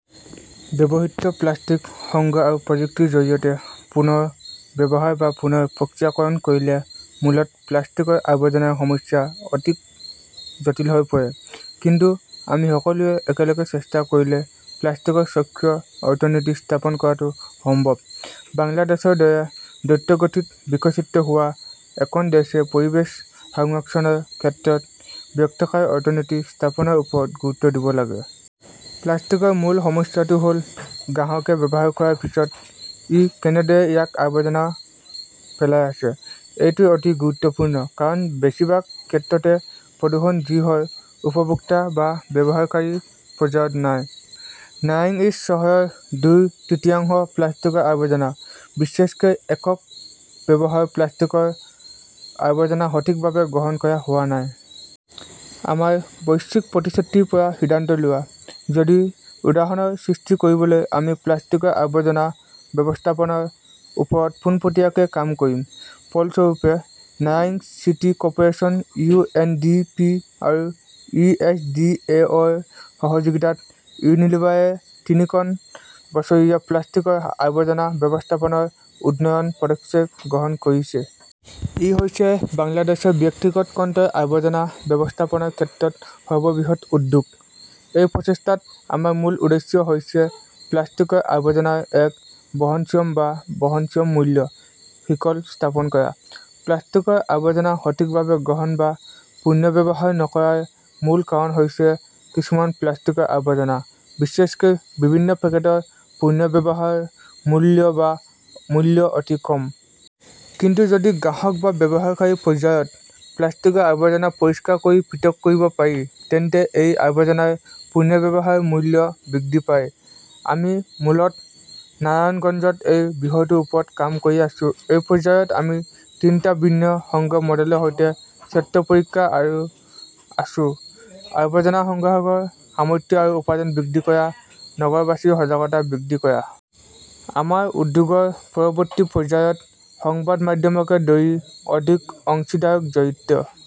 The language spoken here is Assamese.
ব্যৱহৃত প্লাষ্টিক সংগ্ৰহ আৰু প্ৰযুক্তিৰ জৰিয়তে পুনৰ ব্যৱহাৰ বা পুনৰ প্ৰক্ৰিয়াকৰণ কৰিলে মূলত প্লাষ্টিকৰ আৱৰ্জনাৰ সমস্যা অধিক জটিল হৈ পৰে। কিন্তু আমি সকলোৱে একেলগে চেষ্টা কৰিলে প্লাষ্টিকৰ চক্ৰ অৰ্থনীতি স্থাপন কৰাটো সম্ভৱ। বাংলাদেশৰ দৰে দ্ৰুতগতিত বিকশিত হোৱা এখন দেশে পৰিৱেশ সংৰক্ষণৰ ক্ষেত্ৰত বৃত্তাকাৰ অৰ্থনীতি স্থাপনৰ ওপৰত গুৰুত্ব দিব লাগে। প্লাষ্টিকৰ মূল সমস্যাটো হ’ল গ্ৰাহকে ব্যৱহাৰ কৰাৰ পিছত ই কেনেদৰে ইয়াৰ আৱৰ্জনা পেলাই আছে। এইটো অতি গুৰুত্বপূৰ্ণ কাৰণ-বেছিভাগ ক্ষেত্ৰতে প্ৰদূষণ যি হয় উপভোক্তা বা ব্যৱহাৰকাৰী পৰ্যায়ত হয়। নাৰাংইজ চহৰৰ দুই তৃতীয়াংশ প্লাষ্টিকৰ আৱৰ্জনা, বিচেষকৈ একক ব্যৱহাৰৰ প্লাষ্টিকৰ আৱৰ্জনা সঠিকভাৱে সংগ্ৰহ কৰা হোৱা নাই। আমাৰ বৈশ্বিক প্ৰতিশ্ৰুতিৰ পৰা সিদ্ধান্ত লোৱা, যদিও উদাহৰণ সৃষ্টি কৰিবলৈ আমি প্লাষ্টিকৰ আৱৰ্জনা ব্যৱস্থাপনাৰ ওপৰত পোনপটীয়াকৈ কাম কৰিম। ফলস্বৰূপে, নাৰাংইজ city corporation, U. N. D. P. আৰু ই. এছ. ডি. অ. ৰ সহযোগিতাত ইউনিলিভাৰে তিনি বছৰীয়া প্লাষ্টিকৰ আৱৰ্জনা ব্যৱস্থাপনাৰ উন্নয়নৰ পদক্ষেপ গ্ৰহণ কৰিছে। ই হৈছে বাংলাদেশৰ ব্যক্তিগত খণ্ডৰ আৱৰ্জনা ব্যৱস্থাপনাৰ ক্ষেত্ৰত সৰ্ববৃহৎ উদ্যোগ। এই প্ৰচেষ্টাত আমাৰ মূল উদ্দেশ্য হৈছে প্লাষ্টিকৰ আৱৰ্জনাৰ এক বহনক্ষম বা বহনক্ষম মূল্য শৃংখল স্থাপন কৰা। প্লাষ্টিকৰ আৱৰ্জনা সঠিকভাৱে সংগ্ৰহ বা পুনৰ্ব্যৱহাৰ নকৰাৰ মূল কাৰণ হৈছে কিছুমান প্লাষ্টিকৰ আৱৰ্জনা বিশেষকৈ বিভিন্ন পেকেটৰ পুনৰ্ব্যৱহাৰৰ মূল্য বা মূল্য অতি কম। কিন্তু যদি গ্ৰাহক বা ব্যৱহাৰকাৰী পৰ্যায়ত প্লাষ্টিকৰ আৱৰ্জনা পৰিষ্কাৰ কৰি পৃথক কৰিব পাৰি, তেন্তে এই আৱৰ্জনাৰ পুনৰ্ব্যৱহাৰৰ মূল্য বৃদ্ধি পায়। আমি মূলত নাৰায়ণগঞ্জত এই বিষয়টোৰ ওপৰত কাম কৰি আছো। এই পৰ্যায়ত আমি তিনিটা ভিন্ন সংগ্ৰহ মডেলৰ সৈতে চেত্ৰ পৰীক্ষা কৰি আছো-আৱৰ্জনা সংগ্ৰাহকৰ সামৰ্থ্য আৰু উপাৰ্জন বৃদ্ধি কৰা, নগৰবাসীৰ সজাগতা বৃদ্ধি কৰা। আমাৰ উদ্যোগৰ পৰৱৰ্তী পৰ্যায়ত সংবাদ মাধ্যমকে দৰি অধিক অংশীদাৰক জড়িত